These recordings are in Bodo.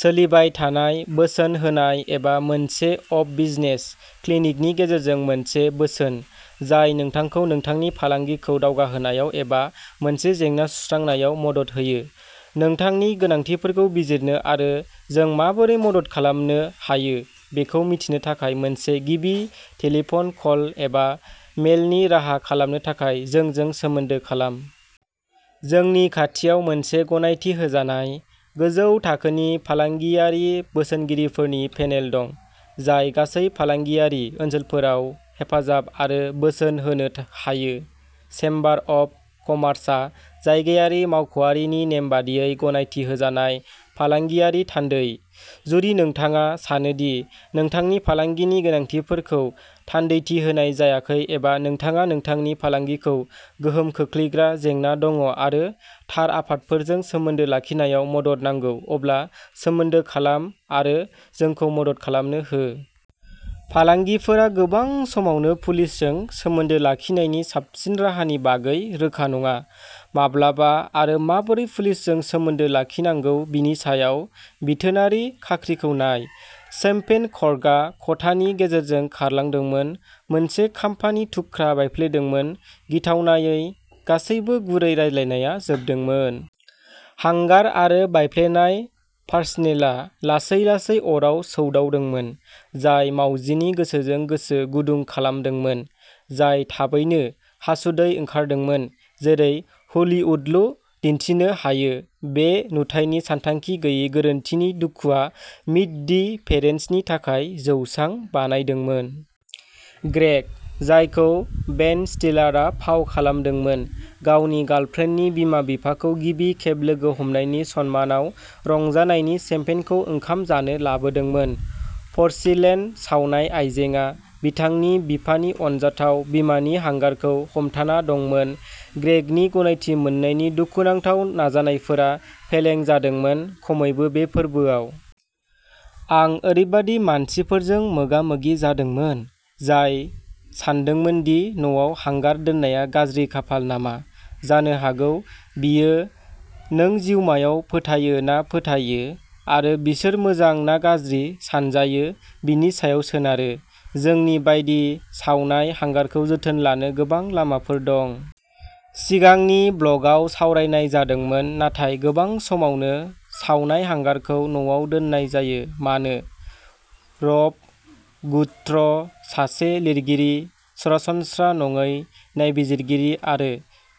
सोलिबाय थानाय बोसोन होनाय एबा मोनसे अफ बिजनेस क्लिनिकनि गेजेरजों मोनसे बोसोन, जाय नोंथांखौ नोंथांनि फालांगिखौ दावगाहोनायाव एबा मोनसे जेंना सुस्रांनायाव मदद होयो। नोंथांनि गोनांथिफोरखौ बिजिरनो आरो जों माबोरै मदद खालामनो हायो बेखौ मिथिनो थाखाय मोनसे गिबि टेलीफन कल एबा मेलनि राहा खालामनो थाखाय जोंजों सोमोन्दो खालाम। जोंनि खाथियाव मोनसे गनायथि होजानाय, गोजौ थाखोनि फालांगियारि बोसोनगिरिफोरनि पेनेल दं, जाय गासै फालांगियारि ओनसोलफोराव हेफाजाब आरो बोसोन होनो हायो। चेम्बार अफ कमार्सआ जायगायारि मावख'आरिनि नेम बायदियै गनायथि होजानाय फालांगियारि थान्दै। जुदि नोंथाङा सानो दि नोंथांनि फालांगिनि गोनांथिफोरखौ थान्दैथि होनाय जायाखै एबा नोंथाङा नोंथांनि फालांगिखौ गोहोम खोख्लैग्रा जेंना दङ' आरो थार आफादफोरजों सोमोन्दो लाखिनायाव मदद नांगौ, अब्ला सोमोन्दो खालाम आरो जोंखौ मदद खालामनो हो। फालांगिफोरा गोबां समावनो पुलिसजों सोमोन्दो लाखिनायनि साबसिन राहानि बागै रोखा नङा। 'माब्ला' आरो 'माबोरै' पुलिसजों सोमोन्दो लाखिनांगौ बेनि सायाव बिथोनारि खाख्रिखौ नाय। शैम्पेन कर्कआ खथानि गेजेरजों खारलांदोंमोन, मोनसे खामफानि थुख्रा बायफ्लेदोंमोन। गिथावनायै, गासैबो गुरै रायज्लायनाया जोबदोंमोन। हांगार आरो बायफ्लेनाय पोरसिलेनआ लासै लासै अराव सौदावदोंमोन, जाय मावजिनि गोसोजों गोसो गुदुं खालामदोंमोन, जाय थाबैनो हासुदै ओंखारदोंमोन। जेरै हलिउदल' दिन्थिनो हायो, बे नुथायनि सानथांखि गैयै गोरोन्थिनि दुखुआ मीट दि पेरेन्ट्सनि थाखाय जौसां बानायदोंमोन। ग्रेग, जायखौ बेन स्टिलारआ फाव खालामदोंमोन, गावनि गार्लफ्रेन्डनि बिमा-बिफाखौ गिबि खेब लोगो हमनायनि सन्मानाव रंजानायनि शैम्पेनखौ ओंखाम जानो लाबोदोंमोन। पोरसिलेन सावनाय आयजेंआ बिथांनि बिफानि अनजाथाव बिमानि हांगारखौ हमथाना दंमोन। ग्रेगनि गनायथि मोन्नायनि दुखुनांथाव नाजानायफोरा फेलें जादोंमोन खमैबो बे फोरबोआव। आं ओरैबायदि मानसिफोरजों मोगामोगि जादोंमोन, जाय सानदोंमोन दि न'आव हांगार दोननाया गाज्रि खाफाल नामा। जानो हागौ बेयो नों जिउमायाव फोथायो ना फोथायो, आरो बिसोर मोजां ना गाज्रि सानजायो बेनि सायाव सोनारो। जोंनि बायदि सावनाय हांगारखौ जोथोन लानो गोबां लामाफोर दं। सिगांनि ब्लगआव सावरायनाय जादोंमोन। नाथाय गोबां समावनो, सावनाय हांगारखौ न'आव दोननाय जायो। मानो? रब गुट्रो, सासे लिरगिरि, सरासनस्रा नङै नायबिजिरगिरि आरो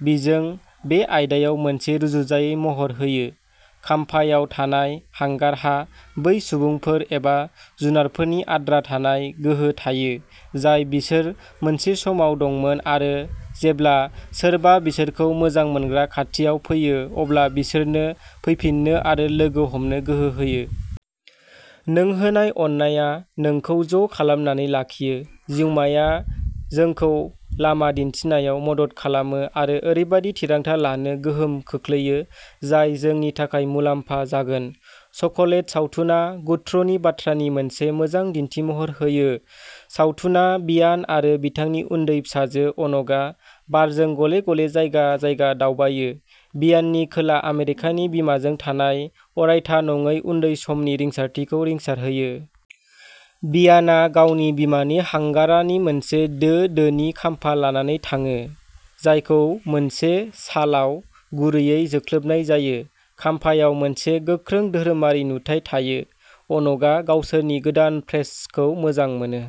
बिजों, बे आयदायाव मोनसे रुजुजायै महर होयो। खामफायाव थानाय हांगारहा बै सुबुंफोर एबा जुनारफोरनि आद्रा थानाय गोहो थायो, जाय बिसोर मोनसे समाव दंमोन आरो जेब्ला सोरबा बिसोरखौ मोजां मोनग्रा खाथियाव फैयो, अब्ला बिसोरनो फैफिननो आरो लोगो हमनो गोहो होयो। नों होनाय अननाया नोंखौ ज' खालामनानै लाखियो। जिउमाया जोंखौ लामा दिन्थिनायाव मदद खालामो आरो ओरैबायदि थिरांथा लानो गोहोम खोख्लैयो, जाय जोंनि थाखाय मुलाम्फा जागोन। चक'लेट सावथुना गुट्रोनि बाथ्रानि मोनसे मोजां दिन्थिमहर होयो। सावथुना भियान आरो बिथांनि उन्दै फिसाजो अन'कआ बारजों गले-गले जायगा-जायगा दावबायो, भियाननि खोला आमेरिकानि बिमाजों थानाय अरायथा नङै उन्दै समनि रिंसारथिखौ रिंसारहोयो। भियानआ गावनि बिमानि हांगारानि मोनसे दो दोनि खामफा लानानै थाङो, जायखौ मोनसे शालाव गुरैयै जोख्लोबनाय जायो। खामफायाव मोनसे गोख्रों धोरोमारि नुथाइ थायो। अन'कआ गावसोरनि गोदान फ्रेन्सखौ मोजां मोनो।